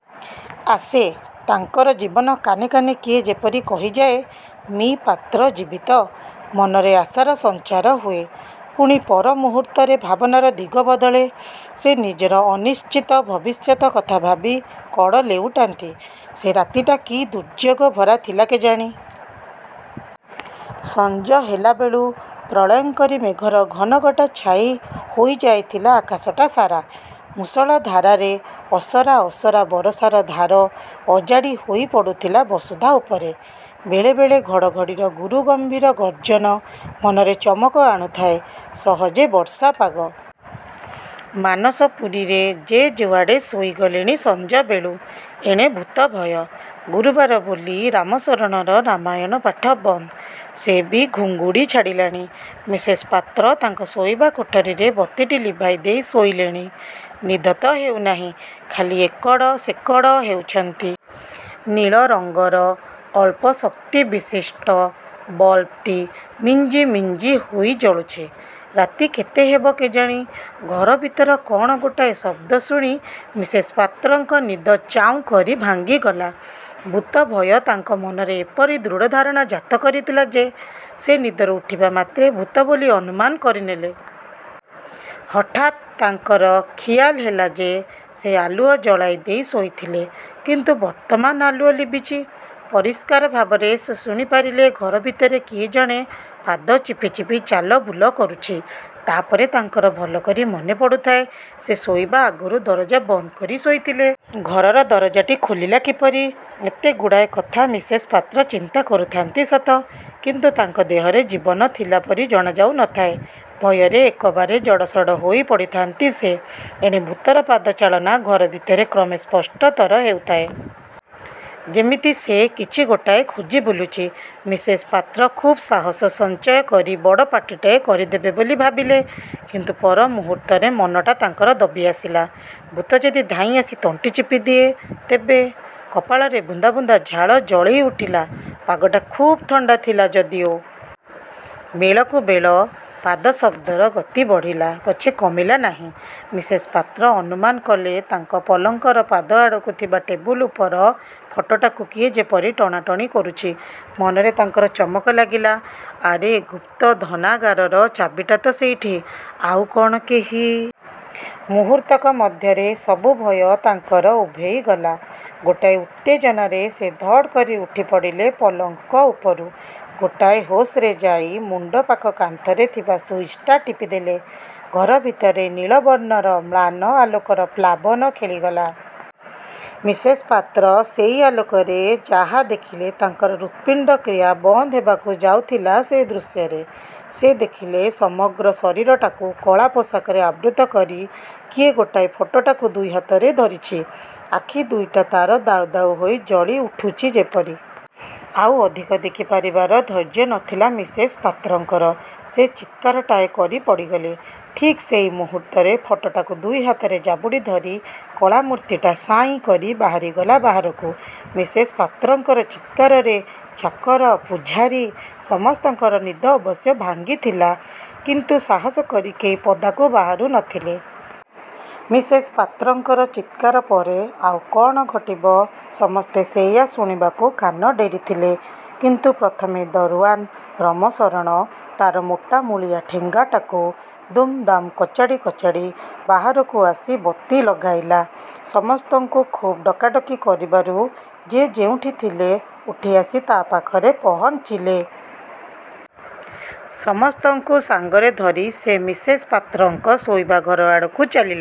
ଆସେ। ତାଙ୍କର ଜୀବନ କାନେ କାନେ କିଏ ଯେପରି କହିଯାଏ, 'ମି: ପାତ୍ର ଜୀବିତ'-। ମନରେ ଆଶାର ସଞ୍ଚାର ହୁଏ। ପୁଣି ପର ମୁହୂର୍ତ୍ତରେ ଭାବନାର ଦିଗ ବଦଳେ। ସେ ନିଜର ଅନିଶ୍ଚିତ ଭବିଷ୍ୟତ କଥା ଭାବି କଡ଼ ଲେଉଟାନ୍ତି। ସେ ରାତିଟା କି ଦୁର୍ଯ୍ୟୋଗ ଭରା ଥିଲା କେଜାଣି। ସଞ୍ଜ ହେଲାବେଳୁ ପ୍ରଳୟଙ୍କରୀ ମେଘର ଘନଘଟା ଛାଇ ହୋଇ ଯାଇଥିଲା ଆକାଶଟା ସାରା। ମୂଷଳ ଧାରାରେ ଅସରା ଅସରା ବରଷାର ଧାର ଅଜାଡ଼ି ହୋଇ ପଡ଼ୁଥିଲା ବସୁଧା ଉପରେ। ବେଳେ ବେଳେ ଘଡ଼ଘଡ଼ିର ଗୁରୁ ଗମ୍ଭୀର ଗର୍ଜନ ମନରେ ଚମକ ଆଣୁଥାଏ। ସହଜେ ବର୍ଷା ପାଗ। ମାନସପୁରୀରେ ଯେ ଯୁଆଡ଼େ ଶୋଇ ଗଲେଣି ସଞ୍ଜ ବେଳୁ। ଏଣେ ଭୂତ ଭୟ। ଗୁରୁବାର ବୋଲି ରାମଶରଣର ରାମାୟଣ ପାଠ ବନ୍ଦ। ସେ ବି ଘୁଙ୍ଗୁଡ଼ି ଛାଡ଼ିଲାଣି। ମିସେସ୍ ପାତ୍ର ତାଙ୍କ ଶୋଇବା କୋଠରୀରେ ବତୀଟି ଲିଭାଇଦେଇ ଶୋଇଲେଣି। ନିଦ ତ ହେଉନାହିଁ, ଖାଲି ଏକଡ଼ ସେକଡ଼ ହେଉଛନ୍ତି। ନୀଳ ରଙ୍ଗର ଅଳ୍ପ ଶକ୍ତିବିଶିଷ୍ଟ ବଲବ୍ଟି ମିଞ୍ଜି ମିଞ୍ଜି ହୋଇ ଜଳୁଛି। ରାତି କେତେ ହେବ କେଜାଣି ଘର ଭିତର କ'ଣ ଗୋଟାଏ ଶବ୍ଦ ଶୁଣି ମିସେସ୍ ପାତ୍ରଙ୍କ ନିଦ ଚାଉଁକରି ଭାଙ୍ଗିଗଲା। ଭୂତ ଭୟ ତାଙ୍କ ମନରେ ଏପରି ଦୃଢ଼ ଧାରଣା ଜାତ କରିଥିଲା ଯେ ସେ ନିଦରୁ ଉଠିବା ମାତ୍ରେ ଭୂତ ବୋଲି ଅନୁମାନ କରିନେଲେ। ହଠାତ୍ ତାଙ୍କର ଖିଆଲ ହେଲା ଯେ ସେ ଆଲୁଅ ଜଳାଇଦେଇ ଶୋଇଥିଲେ; କିନ୍ତୁ ବର୍ତ୍ତମାନ ଆଲୁଅ ଲିଭିଛି। ପରିଷ୍କାର ଭାବରେ ସେ ଶୁଣି ପାରିଲେ-ଘର ଭିତରେ କିଏ ଜଣେ ପାଦ ଚିପି ଚିପି ଚାଲ ବୁଲ କରୁଛି। ତା'ପରେ ତାଙ୍କର ଭଲକରି ମନେପଡ଼ୁଥାଏ, ସେ ଶୋଇବା ଆଗରୁ ଦରଜା ବନ୍ଦକରି ଶୋଇଥିଲେ। ଘରର ଦରଜାଟି ଖୋଲିଲା କିପରି? ଏତେ ଗୁଡ଼ାଏ କଥା ମିସେସ୍ ପାତ୍ର ଚିନ୍ତା କରୁଥାନ୍ତି ସତ; କିନ୍ତୁ ତାଙ୍କ ଦେହରେ ଜୀବନ ଥିଲା ପରି ଜଣାଯାଉ ନ ଥାଏ। ଭୟରେ ଏକବାରେ ଜଡ଼ସଡ଼ ହୋଇ ପଡ଼ିଥାନ୍ତି ସେ। ଏଣେ ଭୂତର ପାଦ ଚାଳନା ଘର ଭିତରେ କ୍ରମେ ସ୍ପଷ୍ଟତର ହେଉଥାଏ। ଯେମିତି ସେ କିଛି ଗୋଟାଏ ଖୋଜି ବୁଲୁଛି। ମିସେସ୍ ପାତ୍ର ଖୁବ୍ ସାହସ ସଞ୍ଚୟ କରି ବଡ଼ ପାଟିଟାଏ କରିଦେବେ ବୋଲି ଭାବିଲେ, କିନ୍ତୁ ପର ମୁହୂର୍ତ୍ତରେ ମନଟା ତାଙ୍କର ଦବି ଆସିଲା। ଭୂତ ଯଦି ଧାଇଁ ଆସି ତଣ୍ଟି ଚିପିଦିଏ, ତେବେ! କପାଳରେ ବୁନ୍ଦା ବୁନ୍ଦା ଝାଳ ଜଳେଇ ଉଠିଲା, ପାଗଟା ଖୁବ୍ ଥଣ୍ଡାଥିଲା ଯଦିଓ। ବେଳକୁବେଳ ପାଦ ଶବ୍ଦର ଗତି ବଢ଼ିଲା ପଛେ କମିଲା ନାହିଁ। ମିସେସ୍ ପାତ୍ର ଅନୁମାନକଲେ ତାଙ୍କ ପଲଙ୍କର ପାଦ ଆଡ଼କୁ ଥିବା ଟେବୁଲ ଉପର ଫଟୋଟାକୁ କିଏ ଯେପରି ଟଣା ଟଣି କରୁଛି। ମନରେ ତାଙ୍କର ଚମକ ଲାଗିଲା-'ଆରେ ଗୁପ୍ତ ଧନାଗାରର ଚାବିଟା ତ ସେଇଠି; ଆଉ କ'ଣ କେହି? ' ମୁହୂର୍ତ୍ତକ ମଧ୍ୟରେ ସବୁ ଭୟ ତାଙ୍କର ଉଭେଇ ଗଲା। ଗୋଟାଏ ଉତ୍ତେଜନାରେ ସେ ଧଡ଼୍ କରି ଉଠି ପଡ଼ିଲେ ପଲଙ୍କ ଉପରୁ। ଗୋଟାଏ ହୋସ୍ରେ ଯାଇ ମୁଣ୍ଡ ପାଖ କାନ୍ଥରେ ଥିବା ସୁଇଚ୍ଟା ଟିପିଦେଲେ। ଘର ଭିତରେ ନୀଳ ବର୍ଣ୍ଣର ମ୍ଳାନ ଆଲୋକର ପ୍ଲାବନ ଖେଳିଗଲା। ମିସେସ୍ ପାତ୍ର ସେଇ ଆଲୋକରେ ଯାହା ଦେଖିଲେ, ତାଙ୍କର ହୃତ୍ପିଣ୍ଡ କ୍ରିୟା ବନ୍ଦ ହେବାକୁ ଯାଉଥିଲା ସେ ଦୃଶ୍ୟରେ। ସେ ଦେଖିଲେ-ସମଗ୍ର ଶରୀରଟାକୁ କଳା ପୋଷାକରେ ଆବୃତ କରି କିଏ ଗୋଟାଏ ଫଟୋଟାକୁ ଦୁଇ ହାତରେ ଧରିଛି; ଆଖି ଦୁଇଟା ତା'ର ଦାଉ ଦାଉ ହୋଇ ଜଳି ଉଠୁଛି ଯେପରି। ଆଉ ଅଧିକ ଦେଖି ପାରିବାର ଧୈର୍ଯ୍ୟ ନଥିଲା ମିସେସ୍ ପାତ୍ରଙ୍କର। ସେ ଚିତ୍କାରଟାଏ କରି ପଡ଼ିଗଲେ। ଠିକ୍ ସେଇ ମୁହୂର୍ତ୍ତରେ ଫଟୋଟାକୁ ଦୁଇ ହାତରେ ଜାବୁଡ଼ି ଧରି କଳା ମୂର୍ତ୍ତିଟା ସାଇଁକରି ବାହାରିଗଲା ବାହାରକୁ। ମିସେସ୍ ପାତ୍ରଙ୍କର ଚିତ୍କାରରେ ଚାକର, ପୁଝାରୀ, ସମସ୍ତଙ୍କର ନିଦ ଅବଶ୍ୟ ଭାଙ୍ଗିଥିଲା; କିନ୍ତୁ ସାହସ କରି କେହି ପଦାକୁ ବାହାରୁ ନ ଥିଲେ। ମିସେସ୍ ପାତ୍ରଙ୍କର ଚିତ୍କାର ପରେ ଆଉ କ'ଣ ଘଟିବ, ସମସ୍ତେ ସେଇୟା ଶୁଣିବାକୁ କାନ ଡେରିଥିଲେ; କିନ୍ତୁ ପ୍ରଥମେ ଦରଓ୍ୱାନ୍ ରମଶରଣ ତା'ର ମୋଟା ମୂଳିଆ ଠେଙ୍ଗାଟାକୁ ଦୁମ୍ ଦାମ୍ କଚାଡ଼ି କଚାଡ଼ି ବାହାରକୁ ଆସି ବତୀ ଲଗାଇଲା। ସମସ୍ତଙ୍କୁ ଖୁବ୍ ଡକାଡକି କରିବାରୁ ଯେ ଯେଉଁଠି ଥିଲେ ଉଠିଆସି ତା' ପାଖରେ ପହଞ୍ଚିଲେ। ସମସ୍ତଙ୍କୁ ସାଙ୍ଗରେ ଧରି ସେ ମିସେସ୍ ପାତ୍ରଙ୍କ ଶୋଇବା ଘର ଆଡ଼କୁ ଚାଲିଲା।